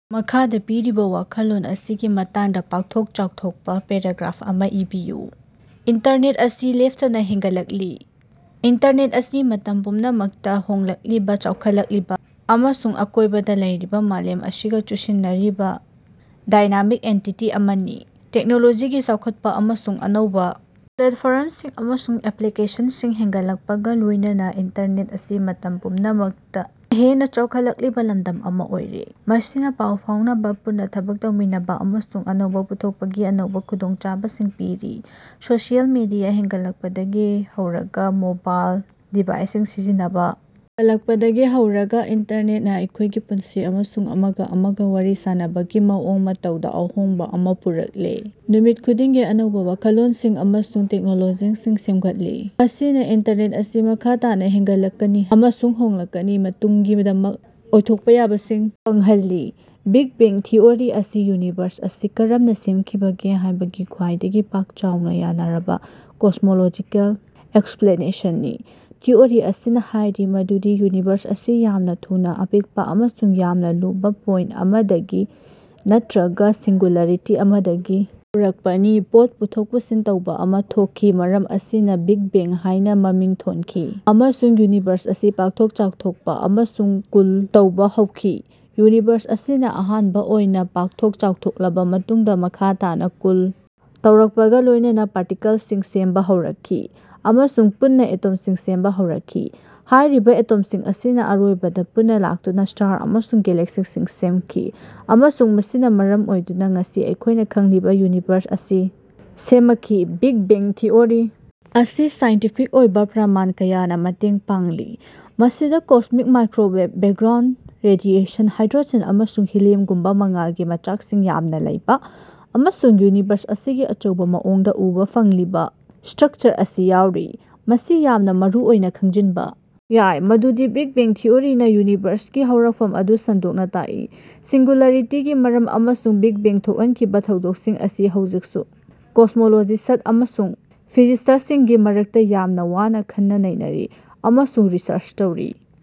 ꯃꯈꯥꯗꯥ ꯄꯤꯔꯤꯕꯥ ꯋꯥꯈꯜꯂꯣꯟ ꯑꯁꯤꯒꯤ ꯃꯇꯥꯡꯗꯥ ꯄꯥꯛꯊꯣꯛ ꯆꯥꯎꯊꯣꯛꯄꯥ ꯄꯦꯔꯥꯒ꯭ꯔꯥꯐ ꯑꯃꯥ ꯏꯕꯤꯌꯨ꯫ ꯏꯟꯇꯔꯅꯦꯠ ꯑꯁꯤ ꯂꯦꯞꯇꯅꯥ ꯍꯦꯟꯒꯠꯂꯛꯂꯤ꯫ ꯏꯟꯇꯔꯅꯦꯠ ꯑꯁꯤ ꯃꯇꯝ ꯄꯨꯝꯅꯃꯛꯇꯥ ꯍꯣꯡꯂꯛꯂꯤꯕꯥ ꯆꯥꯎꯈꯠꯂꯛꯂꯤꯕꯥ ꯑꯃꯁꯨꯡ ꯑꯀꯣꯏꯕꯗꯥ ꯂꯩꯔꯤꯕꯥ ꯃꯥꯂꯦꯝ ꯑꯁꯤꯒꯥ ꯆꯨꯁꯤꯟꯅꯔꯤꯕꯥ ꯗꯥꯏꯅꯥꯃꯤꯛ ꯑꯦꯟꯇꯤꯇꯤ ꯑꯃꯅꯤ꯫ ꯇꯦꯛꯅꯣꯂꯣꯖꯤꯒꯤ ꯆꯥꯎꯈꯠꯄꯥ ꯑꯃꯁꯨꯡ ꯑꯅꯧꯕꯥ ꯄ꯭ꯂꯦꯠꯐꯣꯔꯝꯁꯤꯡ ꯑꯃꯁꯨꯡ ꯑꯦꯄ꯭ꯂꯤꯀꯦꯁꯟꯁꯤꯡ ꯍꯦꯟꯒꯠꯂꯛꯄꯒꯥ ꯂꯣꯏꯅꯅꯥ ꯏꯟꯇꯔꯅꯦꯠ ꯑꯁꯤ ꯃꯇꯝ ꯄꯨꯝꯅꯃꯛꯇꯥ ꯍꯦꯟꯅꯥ ꯆꯥꯎꯈꯠꯂꯛꯂꯤꯕꯥ ꯂꯝꯗꯝ ꯑꯃꯥ ꯑꯣꯏꯔꯦ ꯃꯁꯤꯅꯥ ꯄꯥꯎ ꯐꯥꯎꯅꯕꯥ ꯄꯨꯟꯅꯥ ꯊꯕꯛ ꯇꯧꯃꯤꯟꯅꯕꯥ ꯑꯃꯁꯨꯡ ꯑꯅꯧꯕꯥ ꯄꯨꯊꯣꯛꯄꯒꯤ ꯑꯅꯧꯕꯥ ꯈꯨꯗꯣꯡꯆꯥꯕꯁꯤꯡ ꯄꯤꯔꯤ꯫ ꯁꯣꯁꯤꯌꯦꯜ ꯃꯤꯗꯤꯌꯥ ꯍꯦꯟꯒꯠꯂꯛꯄꯗꯒꯤ ꯍꯧꯔꯒꯥ ꯃꯣꯕꯥꯏꯜ ꯗꯤꯚꯥꯏꯁꯁꯤꯡ ꯁꯤꯖꯤꯟꯅꯕꯥ ꯍꯦꯜꯂꯛꯄꯗꯒꯤ ꯍꯧꯔꯒꯥ ꯏꯟꯇꯔꯅꯦꯠꯅꯥ ꯑꯩꯈꯣꯏꯒꯤ ꯄꯨꯟꯁꯤ ꯑꯃꯁꯨꯡ ꯑꯃꯒ ꯑꯃꯒ ꯋꯥꯔꯤ ꯁꯥꯅꯕꯒꯤ ꯃꯑꯣꯡ ꯃꯇꯧꯗ ꯑꯍꯣꯡꯕ ꯑꯃ ꯄꯨꯔꯛꯂꯦ꯫ ꯅꯨꯃꯤꯠ ꯈꯨꯗꯤꯡꯒꯤ ꯑꯅꯧꯕ ꯋꯥꯈꯜꯂꯣꯟꯁꯤꯡ ꯑꯃꯁꯨꯡ ꯇꯦꯛꯅꯣꯂꯣꯖꯤꯁꯤꯡ ꯁꯦꯝꯒꯠꯂꯤ꯫ ꯃꯁꯤꯅ ꯏꯟꯇꯔꯅꯦꯠ ꯑꯁꯤ ꯃꯈꯥ ꯇꯥꯅ ꯍꯦꯡꯒꯠꯂꯛꯀꯅꯤ ꯑꯃꯁꯨꯡ ꯍꯣꯡꯂꯛꯀꯅꯤ ꯇꯨꯡꯒꯤꯗꯃꯛ ꯑꯣꯏꯊꯣꯛꯄ ꯌꯥꯕꯁꯤꯡ ꯐꯪꯍꯜꯂꯤ꯫ ꯕꯤꯒ ꯕꯦꯡ ꯊꯤꯑꯣꯔꯤ ꯑꯁꯤ ꯌꯨꯅꯤꯚꯔꯁ ꯑꯁꯤ ꯀꯔꯝꯅꯥ ꯁꯦꯝꯈꯤꯕꯒꯦ ꯍꯥꯏꯕꯒꯤ ꯈ꯭ꯋꯥꯏꯗꯒꯤ ꯄꯥꯛ ꯆꯥꯎꯅꯥ ꯌꯥꯅꯔꯕꯥ ꯀꯣꯁꯃꯣꯂꯣꯖꯤꯀꯦꯜ ꯑꯦꯛꯁꯄ꯭ꯂꯦꯅꯦꯁꯟꯅꯤ꯫ ꯊꯤꯑꯣꯔꯤ ꯑꯁꯤꯅꯥ ꯍꯥꯏꯔꯤ ꯃꯗꯨꯗꯤ ꯌꯨꯅꯤꯚꯔꯁ ꯑꯁꯤ ꯌꯥꯝꯅꯥ ꯊꯨꯅꯥ ꯑꯄꯤꯛꯄꯥ ꯑꯃꯁꯨꯡ ꯌꯥꯝꯅꯥ ꯂꯨꯕꯥ ꯄꯣꯏꯟꯠ ꯑꯃꯗꯒꯤ ꯅꯠꯇ꯭ꯔꯒꯥ ꯁꯤꯡꯒꯨꯂꯥꯔꯤꯇꯤ ꯑꯃꯗꯒꯤ ꯍꯧꯔꯛꯄꯅꯤ꯫ ꯄꯣꯠ ꯄꯨꯊꯣꯛ ꯄꯨꯁꯤꯟ ꯇꯧꯕꯥ ꯑꯃꯥ ꯊꯣꯛꯈꯤ ꯃꯔꯝ ꯑꯁꯤꯅꯥ ꯕꯤꯒ ꯕꯦꯡ ꯍꯥꯏꯅꯥ ꯃꯃꯤꯡ ꯊꯣꯟꯈꯤ ꯑꯃꯁꯨꯡ ꯌꯨꯅꯤꯚꯔꯁ ꯑꯁꯤ ꯄꯥꯛꯊꯣꯛ ꯆꯥꯎꯊꯣꯛꯄꯥ ꯑꯃꯁꯨꯡ ꯀꯨꯜ ꯇꯧꯕꯥ ꯍꯧꯈꯤ꯫ ꯌꯨꯅꯤꯚꯔꯁ ꯑꯁꯤꯅꯥ ꯑꯍꯥꯟꯕꯥ ꯑꯣꯏꯅꯥ ꯄꯥꯛꯊꯣꯛ ꯆꯥꯎꯊꯣꯛꯂꯕꯥ ꯃꯇꯨꯡꯗꯥ ꯃꯈꯥ ꯇꯥꯅꯥ ꯀꯨꯜ ꯇꯧꯔꯛꯄꯒꯥ ꯂꯣꯏꯅꯅꯥ ꯄꯥꯔꯇꯤꯀꯜꯁꯤꯡ ꯁꯦꯝꯕꯥ ꯍꯧꯔꯛꯈꯤ ꯑꯃꯁꯨꯡ ꯄꯨꯟꯅꯥ ꯑꯦꯇꯣꯝꯁꯤꯡ ꯁꯦꯝꯕꯥ ꯍꯧꯔꯛꯈꯤ꯫ ꯍꯥꯏꯔꯤꯕꯥ ꯑꯦꯇꯣꯝꯁꯤꯡ ꯑꯁꯤꯅꯥ ꯑꯔꯣꯏꯕꯗꯥ ꯄꯨꯟꯅꯥ ꯂꯥꯛꯇꯨꯅꯥ ꯁ꯭ꯇꯥꯔ ꯑꯃꯁꯨꯡ ꯒꯦꯂꯦꯛꯁꯤꯁꯤꯡ ꯁꯦꯝꯈꯤ ꯑꯃꯁꯨꯡ ꯃꯁꯤꯅꯥ ꯃꯔꯝ ꯑꯣꯏꯗꯨꯅꯥ ꯉꯁꯤ ꯑꯩꯈꯣꯏꯅꯥ ꯈꯪꯂꯤꯕꯥ ꯌꯨꯅꯤꯚꯔꯁ ꯑꯁꯤ ꯁꯦꯃꯈꯤ꯫ ꯕꯤꯒ ꯕꯦꯡ ꯊꯤꯑꯣꯔꯤ ꯑꯁꯤ ꯁꯥꯏꯟꯇꯤꯐꯤꯛ ꯑꯣꯏꯕꯥ ꯄ꯭ꯔꯃꯥꯟ ꯀꯌꯥꯅꯥ ꯃꯇꯦꯡ ꯄꯥꯡꯂꯤ ꯃꯁꯤꯗꯥ cosmic microwave background radiation hydrogen ꯑꯃꯁꯨꯡ ꯍꯤꯂꯤꯌꯝꯒꯨꯝꯕꯥ ꯃꯉꯥꯜꯒꯤ ꯃꯆꯥꯛꯁꯤꯡ ꯌꯥꯝꯅꯥ ꯂꯩꯕꯥ ꯑꯃꯁꯨꯡ ꯌꯨꯅꯤꯚꯔꯁ ꯑꯁꯤꯒꯤ ꯑꯆꯧꯕꯥ ꯃꯑꯣꯡꯗꯥ ꯎꯕꯥ ꯐꯪꯂꯤꯕꯥ ꯁ꯭ꯇꯔꯛꯆꯔ ꯑꯁꯤ ꯌꯥꯎꯔꯤ꯫ ꯃꯁꯤ ꯌꯥꯝꯅꯥ ꯃꯔꯨꯑꯣꯏꯅꯥ ꯈꯪꯖꯤꯟꯕꯥ ꯌꯥꯏ ꯃꯗꯨꯗꯤ ꯕꯤꯒ ꯕꯦꯡ ꯊꯤꯑꯣꯔꯤꯅꯥ ꯌꯨꯅꯤꯚꯔꯁꯀꯤ ꯍꯧꯔꯛꯐꯝ ꯑꯗꯨ ꯁꯟꯗꯣꯛꯅꯥ ꯇꯥꯛꯏ꯫ ꯁꯤꯡꯒꯨꯂꯥꯔꯤꯇꯤꯒꯤ ꯃꯔꯝ ꯑꯃꯁꯨꯡ ꯕꯤꯒ ꯕꯦꯡ ꯊꯣꯛꯍꯟꯈꯤꯕꯥ ꯊꯧꯗꯣꯛꯁꯤꯡ ꯑꯁꯤ ꯍꯧꯖꯤꯛꯁꯨ ꯀꯣꯁ꯭ꯃꯣꯂꯣꯖꯤꯁ꯭ꯠ ꯑꯃꯁꯨꯡ ꯐꯤꯖꯤꯁꯤꯁ꯭ꯇꯁꯤꯡꯒꯤ ꯃꯔꯛꯇꯥ ꯌꯥꯝꯅꯥ ꯋꯥꯅꯥ ꯈꯟꯅ ꯅꯩꯅꯔꯤ ꯑꯃꯁꯨꯡ ꯔꯤꯁꯔꯆ ꯇꯧꯔꯤ꯫